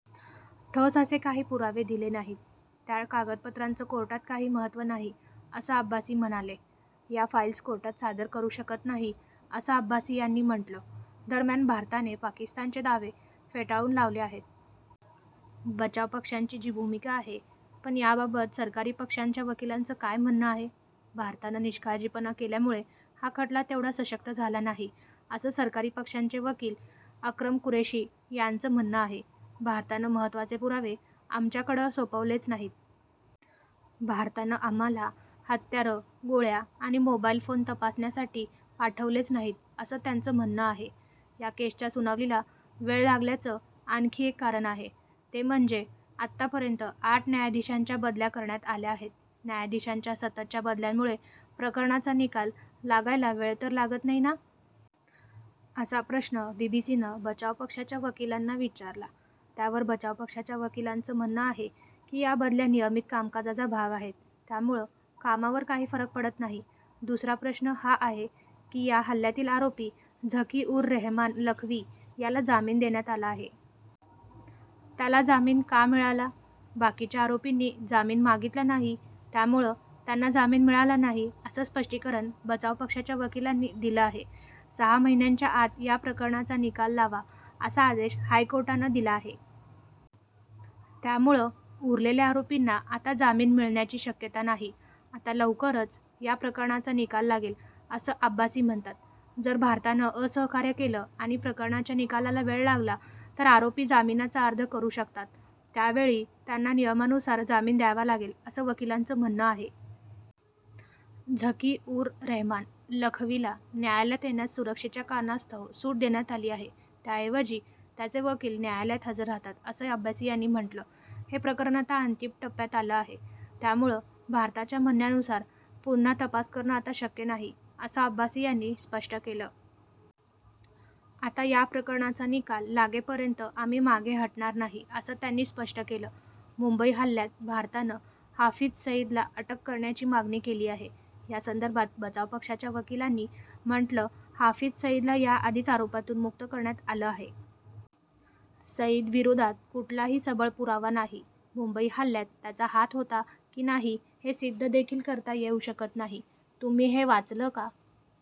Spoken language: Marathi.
ठोस असे काही पुरावे दिले नाहीत. त्या कागदपत्रांचं कोर्टात काही महत्त्व नाही असं अब्बासी म्हणाले. या फाइल्स कोर्टात सादर करू शकत नाही असं अब्बासी यांनी म्हटलं. दरम्यान भारताने पाकिस्तानचे दावे फेटाळून लावले आहेत. बचाव पक्षांची जी भूमिका आहे. पण याबाबत सरकारी पक्षाच्या वकिलांचं काय म्हणणं आहे? भारतानं निष्काळजीपणा केल्यामुळं हा खटला तेवढा सशक्त झाला नाही असं सरकारी पक्षाचे वकील अक्रम कुरेशी यांचं म्हणणं आहे. भारतानं महत्त्वाचे पुरावे आमच्याकडं सोपवलेच नाहीत. भारतानं आम्हाला हत्यारं, गोळ्या आणि मोबाइल फोन तपासण्यासाठी पाठवलेच नाहीत असं त्यांचं म्हणणं आहे. या केसच्या सुनावणीला वेळ लागण्याचं आणखी एक कारण आहे. ते म्हणजे आतापर्यंत आठ न्यायाधीशांच्या बदल्या करण्यात आल्या आहेत. न्यायाधीशांच्या सततच्या बदल्यांमुळं प्रकरणाचा निकाल लागायला वेळ तर लागत नाही ना? असा प्रश्न बीबीसीनं बचाव पक्षाच्या वकिलांना विचारला. त्यावर बचाव पक्षाच्या वकिलांचं म्हणणं आहे, की या बदल्या नियमित कामकाजाचा भाग आहेत. त्यामुळं कामावर काही फरक पडत नाही. दुसरा प्रश्न हा आहे, की या हल्ल्यातील आरोपी झकी-उर-रेहमान लखवी याला जामीन देण्यात आला आहे. त्याला जामीन का मिळाला? बाकीच्या आरोपींनी जामीन मागितला नाही. त्यामुळं त्यांना जामीन मिळाला नाही असं स्पष्टीकरण बचाव पक्षाच्या वकिलांनी दिलं आहे. सहा महिन्यांच्या आत या प्रकरणाचा निकाल लावा असा आदेश हायकोर्टानं दिला आहे. त्यामुळं उरलेल्या आरोपींना आता जामीन मिळण्याची शक्यता नाही. आता लवकरच या प्रकरणाचा निकाल लागेल असं अब्बासी म्हणतात. जर भारतानं असहकार्य केलं आणि प्रकरणाच्या निकालाला वेळ लागला तर आरोपी जामीनाचा अर्ज करू शकतात. त्यावेळी त्यांना नियमानुसार जामीन द्यावा लागेल असं वकिलांचं म्हणणं आहे. झकी-उर-रेहमान लखवीला न्यायालयात येण्यास सुरक्षेच्या कारणास्तव सूट देण्यात आली आहे. त्याऐवजी त्याचे वकील न्यायालयात हजर राहतात असं अब्बासी यांनी म्हटलं. हे प्रकरण आता अंतिम टप्प्यात आलं आहे, त्यामुळं भारताच्या म्हणण्यानुसार पुन्हा तपास करणं आता शक्य नाही असं अब्बासी यांनी स्पष्ट केलं. आता या प्रकरणाचा निकाल लागेपर्यंत आम्ही मागे हटणार नाही असं त्यांनी स्पष्ट केलं. मुंबई हल्ल्यात भारतानं हाफिज सईदला अटक करण्याची मागणी केली आहे. या संदर्भात बचाव पक्षाच्या वकिलांनी म्हटलं हाफिज सईदला याआधीच आरोपातून मुक्त करण्यात आलं आहे. सईदविरोधात कुठलाही सबळ पुरावा नाही. मुंबई हल्ल्यात त्याचा हात होता की नाही हे सिद्ध देखील करता येऊ शकत नाही. तुम्ही हे वाचलं का?